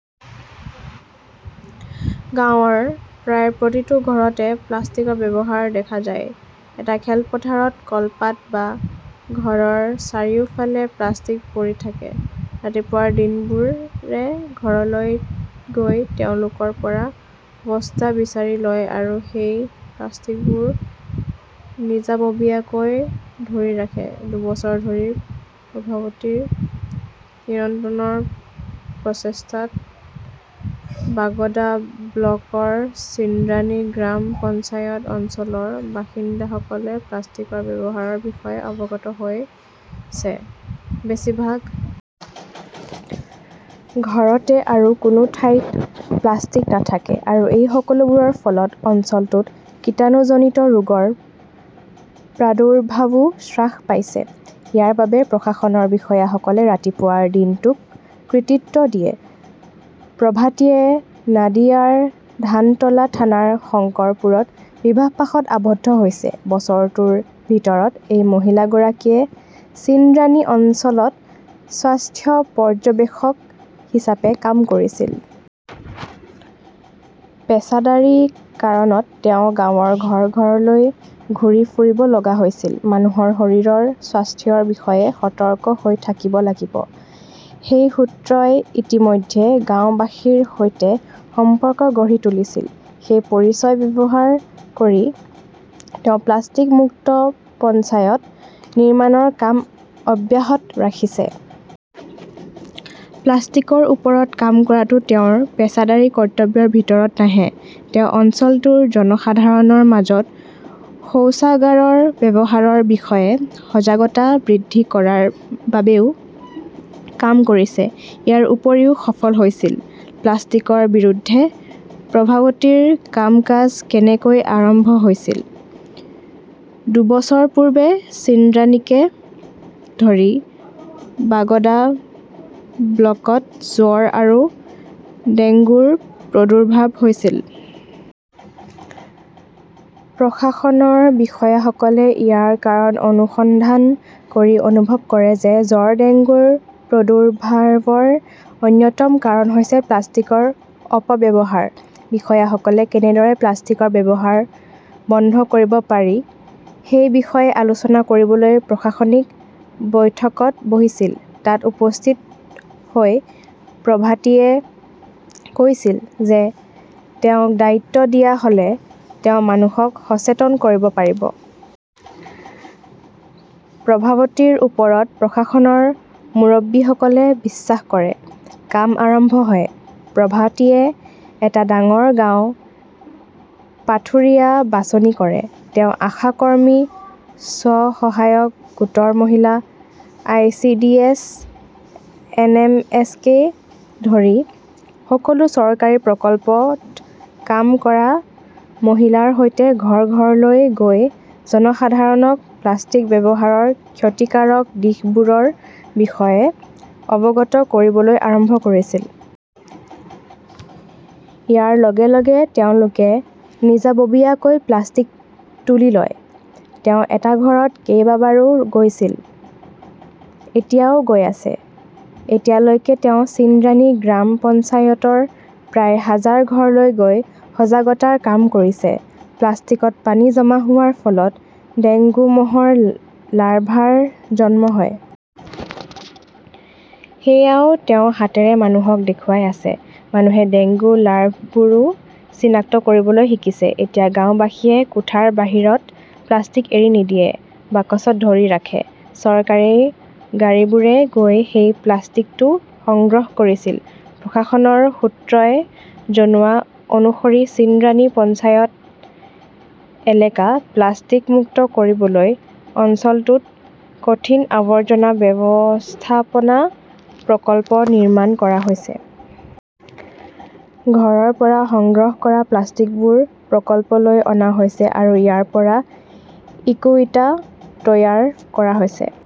গাঁৱৰ প্ৰায় প্ৰতিটো ঘৰতে প্লাষ্টিকৰ ব্যৱহাৰ দেখা যায়। এটা খেলপথাৰত, কলপাত বা ঘৰৰ চাৰিওফালে প্লাষ্টিক পৰি থাকে। ৰাতিপুৱাৰ দিনবোৰে ঘৰলৈ গৈ তেওঁলোকৰ পৰা বস্তা বিচাৰি লয় আৰু সেই প্লাষ্টিকবোৰ নিজাববীয়াকৈ ধৰি ৰাখে। দুবছৰ ধৰি প্ৰভাৱতীৰ নিৰন্তৰ প্ৰচেষ্টাত বাগদা ব্লকৰ চিন্দ্ৰানী গ্ৰাম পঞ্চায়ত অঞ্চলৰ বাসিন্দাসকলে প্লাষ্টিকৰ ব্যৱহাৰৰ বিষয়ে অৱগত হৈছে। বেছিভাগ ঘৰতে আৰু কোনো ঠাইত প্লাষ্টিক নাথাকে, আৰু এই সকলোবোৰৰ ফলত অঞ্চলটোত কীটাণুজনিত ৰোগৰ প্ৰাদুৰ্ভাৱো স্বাস পাইছে। ইয়াৰ বাবে প্ৰশাসনৰ বিষয়াসকলে ৰাতিপুৱাৰ দিনটোক কৃতিত্ব দিয়ে। প্ৰভাতিয়ে নাদিয়াৰ ধানতলা থানাৰ শংকৰপুৰত বিবাহপাশত আবদ্ধ হৈছে। বছৰটোৰ ভিতৰত এই মহিলাগৰাকীয়ে চিন্দ্ৰানী অঞ্চলত স্বাস্থ্য পৰ্যবেক্ষক হিচাপে কাম কৰিছিল। পেছাদাৰী কাৰণত তেওঁ গাঁৱৰ ঘৰ- ঘৰলৈ ঘূৰি ফুৰিব লগা হৈছিল। মানুহৰ শৰীৰৰ স্বাস্থ্যৰ বিষয়ে সতৰ্ক হৈ থাকিব লাগিব সেই সূত্ৰই ইতিমধ্যে গাওঁবাসীৰ সৈতে সম্পৰ্ক গঢ়ি তুলিছিল। সেই পৰিচয় ব্যৱহাৰ কৰি তেওঁ প্লাষ্টিক মুক্ত পঞ্চায়ত নিৰ্মাণৰ কাম অব্যাহত ৰাখিছে। প্লাষ্টিকৰ ওপৰত কাম কৰাটো তেওঁৰ পেছাদাৰী কৰ্তব্যৰ ভিতৰত নাহে। তেওঁ অঞ্চলটোৰ জনসাধাৰণৰ মাজত শৌচাগাৰৰ ব্যৱহাৰৰ বিষয়ে সজাগতা বৃদ্ধি কৰাৰ বাবেও কাম কৰিছে, ইয়াৰ উপৰিও সফল হৈছিল। প্লাষ্টিকৰ বিৰুদ্ধে প্ৰভাৱতীৰ কাম-কাজ কেনেকৈ আৰম্ভ হৈছিল? দুবছৰ পূৰ্বে ছিন্দ্ৰানীকে ধৰি বাগদা ব্লকত জ্বৰ আৰু ডেংগুৰ প্ৰদুৰ্ভাৱ হৈছিল। প্ৰশাসনৰ বিষয়াসকলে ইয়াৰ কাৰণ অনুসন্ধান কৰি অনুভৱ কৰে যে জ্বৰ-ডেংগুৰ প্ৰদুৰ্ভাৱৰ অন্যতম কাৰণ হৈছে প্লাষ্টিকৰ অপ-ব্যৱহাৰ। বিষয়াসকলে কেনেদৰে প্লাষ্টিকৰ ব্যৱহাৰ বন্ধ কৰিব পাৰি সেই বিষয়ে আলোচনা কৰিবলৈ প্ৰশাসনিক বৈঠকত বহিছিল। তাত উপস্থিত হৈ প্ৰভাতিয়ে কৈছিল যে- তেওঁক দায়িত্ব দিয়া হ'লে তেওঁ মানুহক সচেতন কৰিব পাৰিব। প্ৰভাৱতীৰ ওপৰত প্ৰশাসনৰ মুৰব্বীসকলে বিশ্বাস কৰে। কাম আৰম্ভ হয়। প্ৰভাতিয়ে এটা ডাঙৰ গাঁও, পাথুৰিয়া বাছনি কৰে ।তেওঁ আশা কৰ্মী, স্ব-সহায়ক গোটৰ মহিলা, আই.চি.ডি.এছ, এন.এম.এস.কে ধৰি সকলো চৰকাৰী প্ৰকল্পত কাম কৰা মহিলাৰ সৈতে ঘৰ- ঘৰলৈ গৈ জনসাধাৰণক প্লাষ্টিক ব্যৱহাৰৰ ক্ষতিকাৰক দিশবোৰৰ বিষয়ে অৱগত কৰিবলৈ আৰম্ভ কৰিছিল। ইয়াৰ লগে -লগে তেওঁলোকে নিজাববীয়াকৈ প্লাষ্টিক তুলি লয়। তেওঁ এটা ঘৰত কেইবাবাৰো গৈছিল, এতিয়াও গৈ আছে। এতিয়ালৈকে তেওঁ চিন্দ্ৰাণী গ্ৰাম পঞ্চায়তৰ প্ৰায় হাজাৰ ঘৰলৈ গৈ সজাগতাৰ কাম কৰিছে। প্লাষ্টিকত পানী জমা হোৱাৰ ফলত ডেংগু মহৰ লাৰ্ভাৰ জন্ম হয়। সেয়াও তেওঁ হাতেৰে মানুহক দেখুৱাই আছে। মানুহে ডেংগু লাৰ্ভবোৰো চিনাক্ত কৰিবলৈ শিকিছে। এতিয়া গাওঁবাসীয়ে কোঠাৰ বাহিৰত প্লাষ্টিক এৰি নিদিয়ে, বাকচত ধৰি ৰাখে। চৰকাৰী গাড়ীবোৰে গৈ সেই প্লাষ্টিকটো সংগ্ৰহ কৰিছিল। প্ৰশাসনৰ সূত্ৰই জনোৱা অনুসৰি ছিন্দ্ৰানী পঞ্চায়ত এলেকা প্লাষ্টিক মুক্ত কৰিবলৈ অঞ্চলটোত কঠিন আৱৰ্জনা ব্যৱস্থাপনা প্ৰকল্প নিৰ্মাণ কৰা হৈছে। ঘৰৰ পৰা সংগ্ৰহ কৰা প্লাষ্টিকবোৰ প্ৰকল্পলৈ অনা হৈছে আৰু ইয়াৰ পৰা ইক-ইটা তৈয়াৰ কৰা হৈছে।